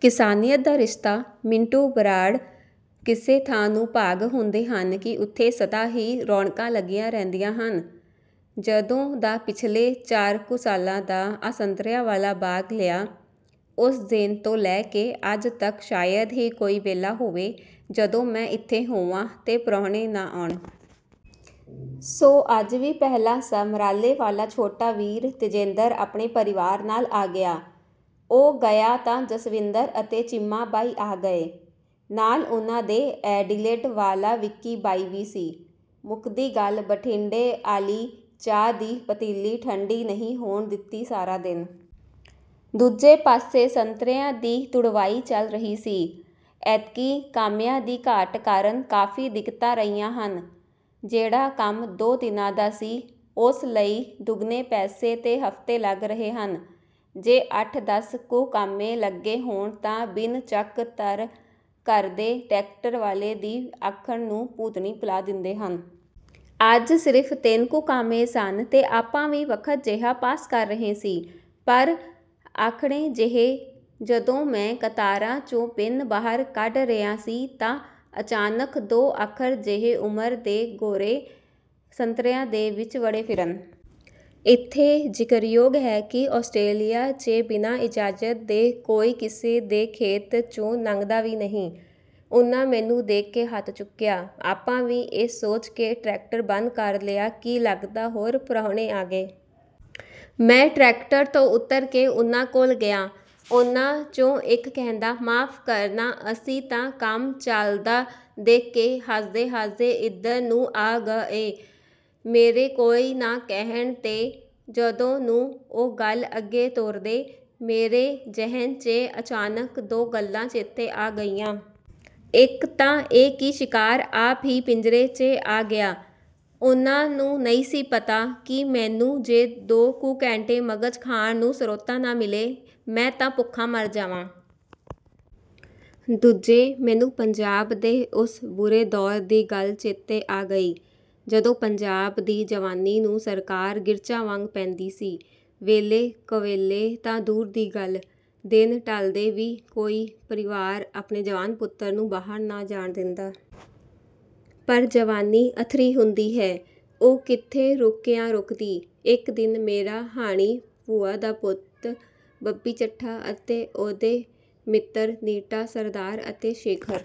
ਕਿਸਾਨੀਅਤ ਦਾ ਰਿਸ਼ਤਾ – ਮਿੰਟੂ ਬਰਾੜ: ਕਿਸੇ ਥਾਂ ਨੂੰ ਭਾਗ ਹੁੰਦੇ ਹਨ ਕਿ ਉੱਥੇ ਸਦਾ ਹੀ ਰੌਣਕਾਂ ਲੱਗੀਆਂ ਰਹਿੰਦੀਆਂ ਹਨ। ਜਦੋਂ ਦਾ ਪਿਛਲੇ ਚਾਰ ਕੁ ਸਾਲਾਂ ਦਾ ਆਹ ਸੰਤਰਿਆਂ ਵਾਲਾ ਬਾਗ਼ ਲਿਆ, ਉਸ ਦਿਨ ਤੋਂ ਲੈ ਕੇ ਅੱਜ ਤੱਕ ਸ਼ਾਇਦ ਹੀ ਕੋਈ ਵੇਲਾ ਹੋਵੇ, ਜਦੋਂ ਮੈਂ ਇੱਥੇ ਹੋਵਾਂ ਤੇ ਪ੍ਰਾਹੁਣੇ ਨਾ ਆਉਣ। ਸੋ ਅੱਜ ਵੀ ਪਹਿਲਾਂ ਸਮਰਾਲੇ ਵਾਲਾ ਛੋਟਾ ਵੀਰ ਤੇਜਿੰਦਰ ਆਪਣੇ ਪਰਿਵਾਰ ਨਾਲ ਆ ਗਿਆ। ਉਹ ਗਿਆ ਤਾਂ ਜਸਵਿੰਦਰ ਅਤੇ ਚੀਮਾ ਬਾਈ ਆ ਗਏ। ਨਾਲ ਉਹਨਾਂ ਦੇ ਐਡੀਲੇਡ ਵਾਲਾ ਵਿਕੀ ਬਾਈ ਵੀ ਸੀ। ਮੁੱਕਦੀ ਗੱਲ, ਬਠਿੰਡੇ ਆਲ਼ੀ ਚਾਹ ਦੀ ਪਤੀਲੀ ਠੰਢੀ ਨਹੀਂ ਹੋਣ ਦਿੱਤੀ ਸਾਰਾ ਦਿਨ। ਦੂਜੇ ਪਾਸੇ ਸੰਤਰਿਆਂ ਦੀ ਤੁੜਵਾਈ ਚੱਲ ਰਹੀ ਸੀ। ਐਤਕੀਂ ਕਾਮਿਆਂ ਦੀ ਘਾਟ ਕਾਰਨ ਕਾਫ਼ੀ ਦਿੱਕਤਾਂ ਰਹੀਆਂ ਹਨ। ਜਿਹੜਾ ਕੰਮ ਦੋ ਦਿਨਾਂ ਦਾ ਸੀ, ਉਸ ਲਈ ਦੁੱਗਣੇ ਪੈਸੇ ਤੇ ਹਫ਼ਤੇ ਲੱਗ ਰਹੇ ਹਨ। ਜੇ ਅੱਠ-ਦੱਸ ਕੁ ਕਾਮੇ ਲੱਗੇ ਹੋਣ ਤਾਂ ਬਿੰਨ ਚੱਕ-ਧਰ ਕਰਦੇ ਟਰੈਕਟਰ ਵਾਲੇ ਦੀ ਆਥਣ ਨੂੰ ਭੂਤਨੀ ਭੂਲਾ ਦਿੰਦੇ ਹਨ। ਅੱਜ ਸਿਰਫ਼ ਤਿੰਨ ਕੁ ਕਾਮੇ ਸਨ ਤੇ ਆਪਾਂ ਵੀ ਵਕਤ ਜਿਹਾ ਪਾਸ ਕਰ ਰਹੇ ਸੀ। ਪਰ ਆਥਣੇ ਜਿਹੇ, ਜਦੋਂ ਮੈਂ ਕਤਾਰਾਂ 'ਚੋਂ ਬਿੰਨ ਬਾਹਰ ਕੱਢ ਰਿਹਾ ਸੀ, ਤਾਂ ਅਚਾਨਕ ਦੋ ਅਧਖੜ ਜਿਹੀ ਉਮਰ ਦੇ ਗੋਰੇ ਸੰਤਰਿਆਂ ਦੇ ਵਿਚ ਵੜੇ ਫਿਰਨ। ਇੱਥੇ ਜ਼ਿਕਰਯੋਗ ਹੈ ਕਿ ਆਸਟ੍ਰੇਲੀਆ 'ਚ ਬਿਨਾਂ ਇਜਾਜ਼ਤ ਦੇ ਕੋਈ ਕਿਸੇ ਦੇ ਖੇਤ 'ਚੋਂ ਲੰਘਦਾ ਵੀ ਨਹੀਂ। ਉਹਨਾਂ ਮੈਨੂੰ ਦੇਖ ਕੇ ਹੱਥ ਚੱਕਿਆ। ਆਪਾਂ ਵੀ ਇਹ ਸੋਚ ਕੇ ਟਰੈਕਟਰ ਬੰਦ ਕਰ ਲਿਆ ਕਿ ਲਗਦਾ ਹੋਰ ਪ੍ਰਾਹੁਣੇ ਆ ਗਏ! ਮੈਂ ਟਰੈਕਟਰ ਤੋਂ ਉੱਤਰ ਕੇ ਉਹਨਾਂ ਕੋਲ ਗਿਆ। ਉਹਨਾਂ 'ਚੋਂ ਇਕ ਕਹਿੰਦਾ, "ਮਾਫ਼ ਕਰਨਾ, ਅਸੀਂ ਤਾਂ ਕੰਮ ਚਲਦਾ ਦੇਖ ਕੇ ਹੱਸਦੇ-ਹੱਸਦੇ ਏਧਰ ਨੂੰ ਆ ਗ ਏ।" ਮੇਰੇ "ਕੋਈ ਨਾ" ਕਹਿਣ ਤੇ, ਜਦੋਂ ਨੂੰ ਉਹ ਗੱਲ ਅੱਗੇ ਤੋਰਦੇ, ਮੇਰੇ ਜ਼ਿਹਨ 'ਚ ਅਚਾਨਕ ਦੋ ਗੱਲਾਂ ਚੇਤੇ ਆ ਗਈਆਂ। ਇਕ ਤਾਂ ਇਹ ਕਿ ਸ਼ਿਕਾਰ ਆਪ ਹੀ ਪਿੰਜਰੇ 'ਚ ਆ ਗਿਆ। ਉਹਨਾਂ ਨੂੰ ਨਹੀਂ ਸੀ ਪਤਾ ਕਿ ਮੈਨੂੰ ਜੇ ਦੋ ਕੁ ਘੰਟੇ ਮਗ਼ਜ਼ ਖਾਣ ਨੂੰ ਸਰੋਤਾ ਨਾ ਮਿਲੇ, ਮੈਂ ਤਾਂ ਭੁੱਖਾ ਮਰ ਜਾਵਾਂ। ਦੂਜੇ, ਮੈਨੂੰ ਪੰਜਾਬ ਦੇ ਉਸ ਬੁਰੇ ਦੌਰ ਦੀ ਗੱਲ ਚੇਤੇ ਆ ਗਈ, ਜਦੋਂ ਪੰਜਾਬ ਦੀ ਜਵਾਨੀ ਨੂੰ ਸਰਕਾਰ ਗਿਰਝਾਂ ਵਾਂਗ ਪੈਂਦੀ ਸੀ। ਵੇਲੇ-ਕੁਵੇਲੇ ਤਾਂ ਦੂਰ ਦੀ ਗੱਲ, ਦਿਨ ਢਲਦੇ ਵੀ ਕੋਈ ਪਰਿਵਾਰ ਆਪਣੇ ਜਵਾਨ ਪੁੱਤਰ ਨੂੰ ਬਾਹਰ ਨਾ ਜਾਣ ਦਿੰਦਾ। ਪਰ ਜਵਾਨੀ ਅੱਥਰੀ ਹੁੰਦੀ ਹੈ, ਉਹ ਕਿੱਥੇ ਰੋਕਿਆਂ ਰੁਕਦੀ। ਇਕ ਦਿਨ ਮੇਰਾ ਹਾਣੀ ਭੂਆ ਦਾ ਪੁੱਤ ਬੱਬੀ ਚੱਠਾ ਅਤੇ ਉਹਦੇ ਮਿੱਤਰ ਨੀਟਾ ਸਰਦਾਰ ਅਤੇ ਸ਼ੇਖਰ...